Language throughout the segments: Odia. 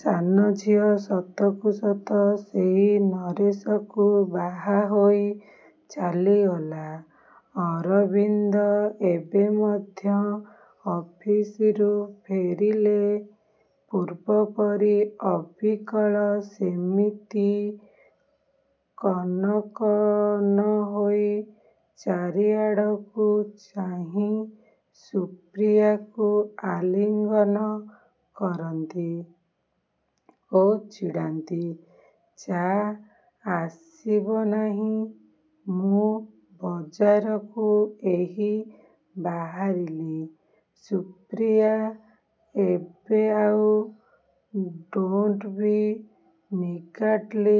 ସାନଝିଅ ସତକୁ ସତ ସେଇ ନରେଶକୁ ବାହା ହୋଇ ଚାଲିଗଲା। ଅରବିନ୍ଦ ଏବେ ମଧ୍ୟ ଅଫିସରୁ ଫେରିଲେ ପୂର୍ବପରି ଅବିକଳ ସେମିତି କନକନ ହୋଇ ଚାରିଆଡ଼କୁ ଚାହିଁ ସୁପ୍ରିୟାକୁ ଆଲିଙ୍ଗନ କରନ୍ତି ଓ ଚିଡ଼ାନ୍ତି, ଚା' ଆସିବ ନାହିଁ? ମୁଁ ବଜାରକୁ ଏହି ବାହାରିଲି। ସୁପ୍ରିୟା ଏବେ ଆଉ "ଡୋଣ୍ଟ ବି ନିଗାର୍ଡଲି"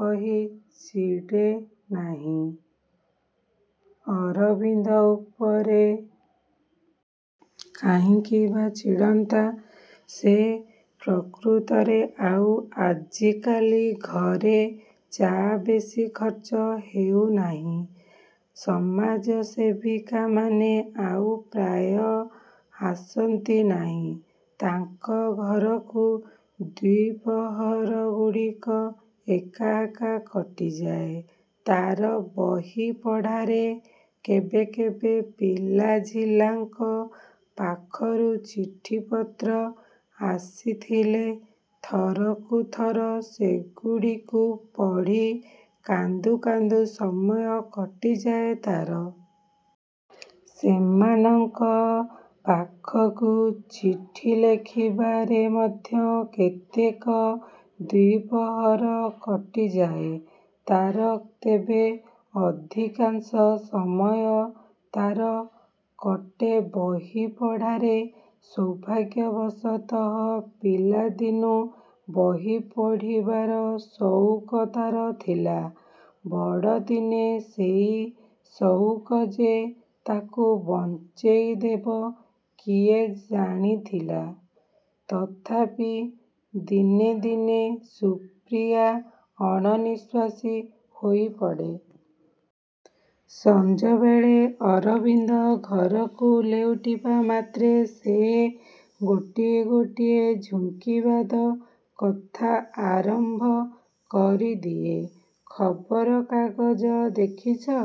କହି ଚିଡ଼େନାହିଁ ଅରବିନ୍ଦ ଉପରେ। କାହିଁକି ବା ଚିଡ଼ନ୍ତା ସେ। ପ୍ରକୃତରେ ଆଉ ଆଜିକାଲି ଘରେ ଚା' ବେଶୀ ଖର୍ଚ୍ଚ ହେଉନାହିଁ। ସମାଜସେବିକାମାନେ ଆଉ ପ୍ରାୟ ଆସନ୍ତି ନାହିଁ ତାଙ୍କ ଘରକୁ। ଦ୍ୱିପ୍ରହରଗୁଡ଼ିକ ଏକା ଏକା କଟିଯାଏ ତାର ବହି ପଢ଼ାରେ। କେବେ କେବେ ପିଲାଝିଲାଙ୍କ ପାଖରୁ ଚିଠିପତ୍ର ଆସିଥିଲେ ଥରକୁ ଥର ସେଗୁଡ଼ିକୁ ପଢ଼ି, କାନ୍ଦୁ କାନ୍ଦୁ ସମୟ କଟିଯାଏ ତାର। ସେମାନଙ୍କ ପାଖକୁ ଚିଠି ଲେଖିବାରେ ମଧ୍ୟ କେତେକ ଦ୍ୱିପ୍ରହର କଟିଯାଏ ତାର, ତେବେ ଅଧିକାଂଶ ସମୟ ତାର କଟେ ବହି ପଢ଼ାରେ। ସୌଭାଗ୍ୟବଶତଃ ପିଲାଦିନୁ ବହି ପଢ଼ିବାର ସଉକ ତାର ଥିଲା। ବଡ଼ଦିନେ ସେଇ ସଉକ ଯେ ତାକୁ ବଞ୍ଚେଇଦେବ କିଏ ଜାଣିଥିଲା! ତଥାପି ଦିନେ ଦିନେ ସୁପ୍ରିୟା ଅଣନିଶ୍ୱାସୀ ହୋଇପଡ଼େ। ସଞ୍ଜବେଳେ ଅରବିନ୍ଦ ଘରକୁ ଲେଉଟିବା ମାତ୍ରେ ସେ ଗୋଟିଏ ଗୋଟିଏ ଝୁଙ୍କିବାଦ କଥା ଆରମ୍ଭ କରିଦିଏ। ଖବରକାଗଜ ଦେଖିଛ?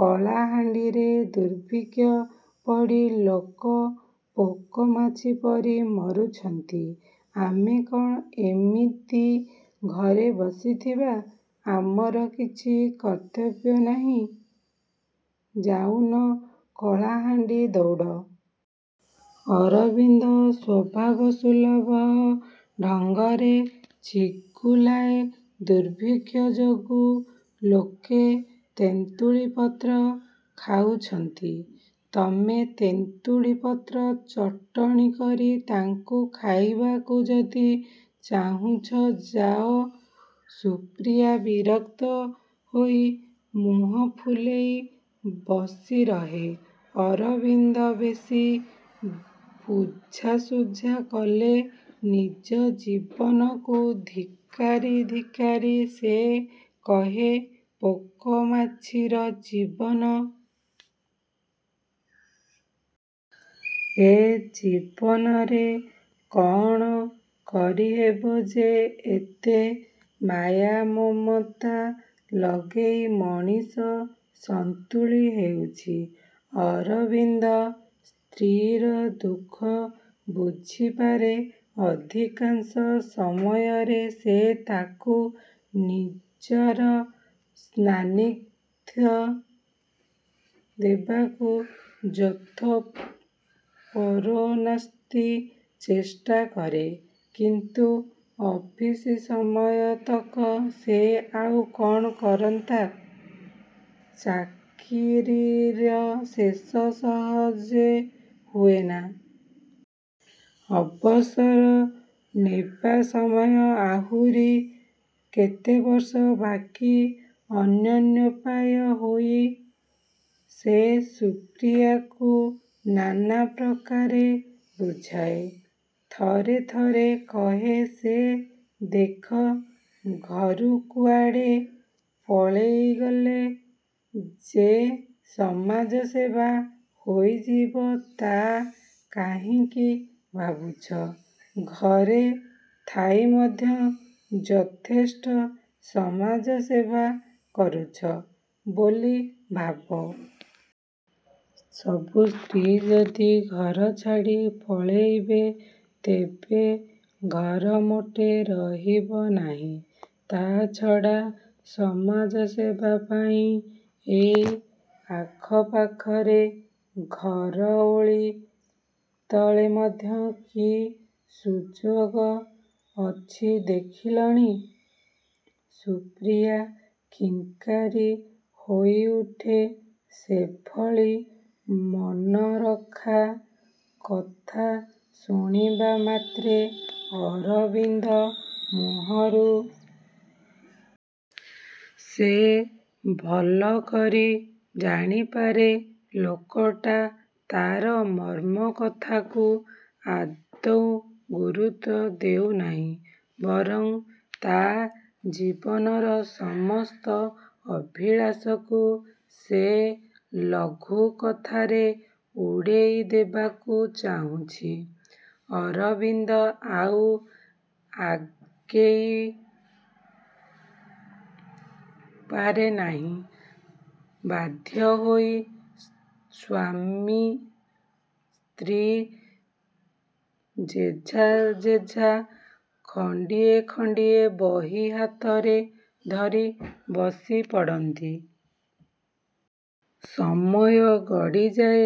କଳାହାଣ୍ଡିରେ ଦୁର୍ଭିକ୍ଷ ପଡ଼ି ଲୋକ ପୋକମାଛି ପରି ମରୁଛନ୍ତି। ଆମେ କ'ଣ ଏମିତି ଘରେ ବସିଥିବା? ଆମର କିଛି କର୍ତ୍ତବ୍ୟ ନାହିଁ? ଯାଉନ! କଳାହାଣ୍ଡି ଦୌଡ଼! ଅରବିନ୍ଦ ସ୍ୱଭାବସୁଲଭ ଢଙ୍ଗରେ ଛିଗୁଲାଏ, ଦୁର୍ଭିକ୍ଷ ଯୋଗୁଁ ଲୋକେ ତେନ୍ତୁଳି ପତ୍ର ଖାଉଛନ୍ତି। ତମେ ତେନ୍ତୁଳି ପତ୍ର ଚଟଣି କରି ତାଙ୍କୁ ଖାଇବାକୁ ଯଦି ଚାହୁଁଛ ଯାଅ। ସୁପ୍ରିୟା ବିରକ୍ତ ହୋଇ ମୁହଁ ଫୁଲେଇ ବସିରହେ। ଅରବିନ୍ଦ ବେଶୀ ବୁଝାସୁଝା କଲେ ନିଜ ଜୀବନକୁ ଧିକ୍କାରି ଧିକ୍କାରି ସେ କହେ, ପୋକମାଛିର ଜୀବନ। ଏ ଜୀବନରେ କଅଣ କରିହେବ ଯେ ଏତେ ମାୟାମମତା ଲଗେଇ ମଣିଷ ସନ୍ତୁଳି ହେଉଛି। ଅରବିନ୍ଦ ସ୍ତ୍ରୀର ଦୁଃଖ ବୁଝିପାରେ। ଅଧିକାଂଶ ସମୟରେ ସେ ତାକୁ ନିଜର ସାନ୍ନିଧ୍ୟ ଦେବାକୁ ଯଥୋପରୋନାସ୍ତି ଚେଷ୍ଟା କରେ। କିନ୍ତୁ ଅଫିସ ସମୟତକ ସେ ଆଉ କ'ଣ କରନ୍ତା! ଚାକିରିର ଶେଷ ସହଜେ ହୁଏନା। ଅବସର ନେବା ସମୟ ଆହୁରି କେତେ ବର୍ଷ ବାକି। ଅନନ୍ୟୋପାୟ ହୋଇ ସେ ସୁପ୍ରିୟାକୁ ନାନା ପ୍ରକାରେ ବୁଝାଏ। ଥରେ ଥରେ କହେ ସେ, ଦେଖ! ଘରୁ କୁଆଡ଼େ ପଳେଇଗଲେ ଯେ ସମାଜସେବା ହୋଇଯିବ ତା' କାହିଁକି ଭାବୁଛ? ଘରେ ଥାଇ ମଧ୍ୟ ଯଥେଷ୍ଟ ସମାଜସେବା କରୁଛ ବୋଲି ଭାବ। ସବୁ ସ୍ତ୍ରୀ ଯଦି ଘର ଛାଡ଼ି ପଳେଇବେ ତେବେ ଘର ମୋଟେ ରହିବ ନାହିଁ। ତା' ଛଡ଼ା ସମାଜସେବା ପାଇଁ ଏଇ ଆଖପାଖରେ ଘର ଓଳି ତଳେ ମଧ୍ୟ କି ସୁଯୋଗ ଅଛି ଦେଖିଲଣି? ସୁପ୍ରିୟା ଖିଙ୍କାରି ହୋଇଉଠେ ସେଭଳି ମନରଖା କଥା ଶୁଣିବା ମାତ୍ରେ ଅରବିନ୍ଦ ମୁହଁରୁ। ସେ ଭଲକରି ଜାଣିପାରେ ଲୋକଟା ତାର ମର୍ମ କଥାକୁ ଆଦୌ ଗୁରୁତ୍ୱ ଦେଉନାହିଁ। ବରଂ ତା' ଜୀବନର ସମସ୍ତ ଅଭିଳାଷକୁ ସେ ଲଘୁ କଥାରେ ଉଡ଼େଇଦେବାକୁ ଚାହୁଁଛି। ଅରବିନ୍ଦ ଆଉ ଆଗେଇ ପାରେ ନାହିଁ। ବାଧ୍ୟ ହୋଇ ସ୍ୱାମୀ ସ୍ତ୍ରୀ ଯେଝା ଯେଝା ଖଣ୍ଡିଏ ଖଣ୍ଡିଏ ବହି ହାତରେ ଧରି ବସିପଡ଼ନ୍ତି। ସମୟ ଗଡ଼ିଯାଏ।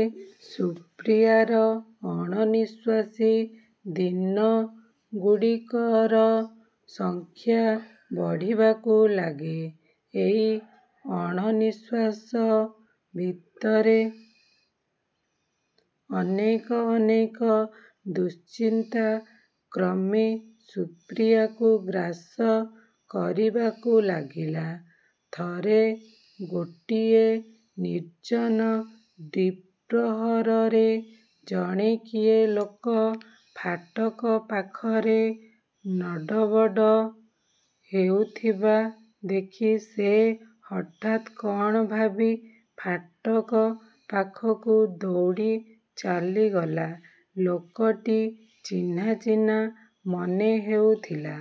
ସୁପ୍ରିୟାର ଅଣନିଶ୍ୱାସୀ ଦିନଗୁଡ଼ିକର ସଂଖ୍ୟା ବଢ଼ିବାକୁ ଲାଗେ। ଏଇ ଅଣନିଶ୍ୱାସ ଭିତରେ ଅନେକ ଅନେକ ଦୁଶ୍ଚିନ୍ତା କ୍ରମେ ସୁପ୍ରିୟାକୁ ଗ୍ରାସ କରିବାକୁ ଲାଗିଲା। ଥରେ ଗୋଟିଏ ନିର୍ଜନ ଦ୍ୱିପ୍ରହରରେ ଜଣେ କିଏ ଲୋକ ଫାଟକ ପାଖରେ ନଡ଼ବଡ଼ ହେଉଥିବା ଦେଖି ସେ ହଠାତ୍ କ'ଣ ଭାବି ଫାଟକ ପାଖକୁ ଦୌଡ଼ି ଚାଲିଗଲା। ଲୋକଟି ଚିହ୍ନା ଚିହ୍ନା ମନେହେଉଥିଲା।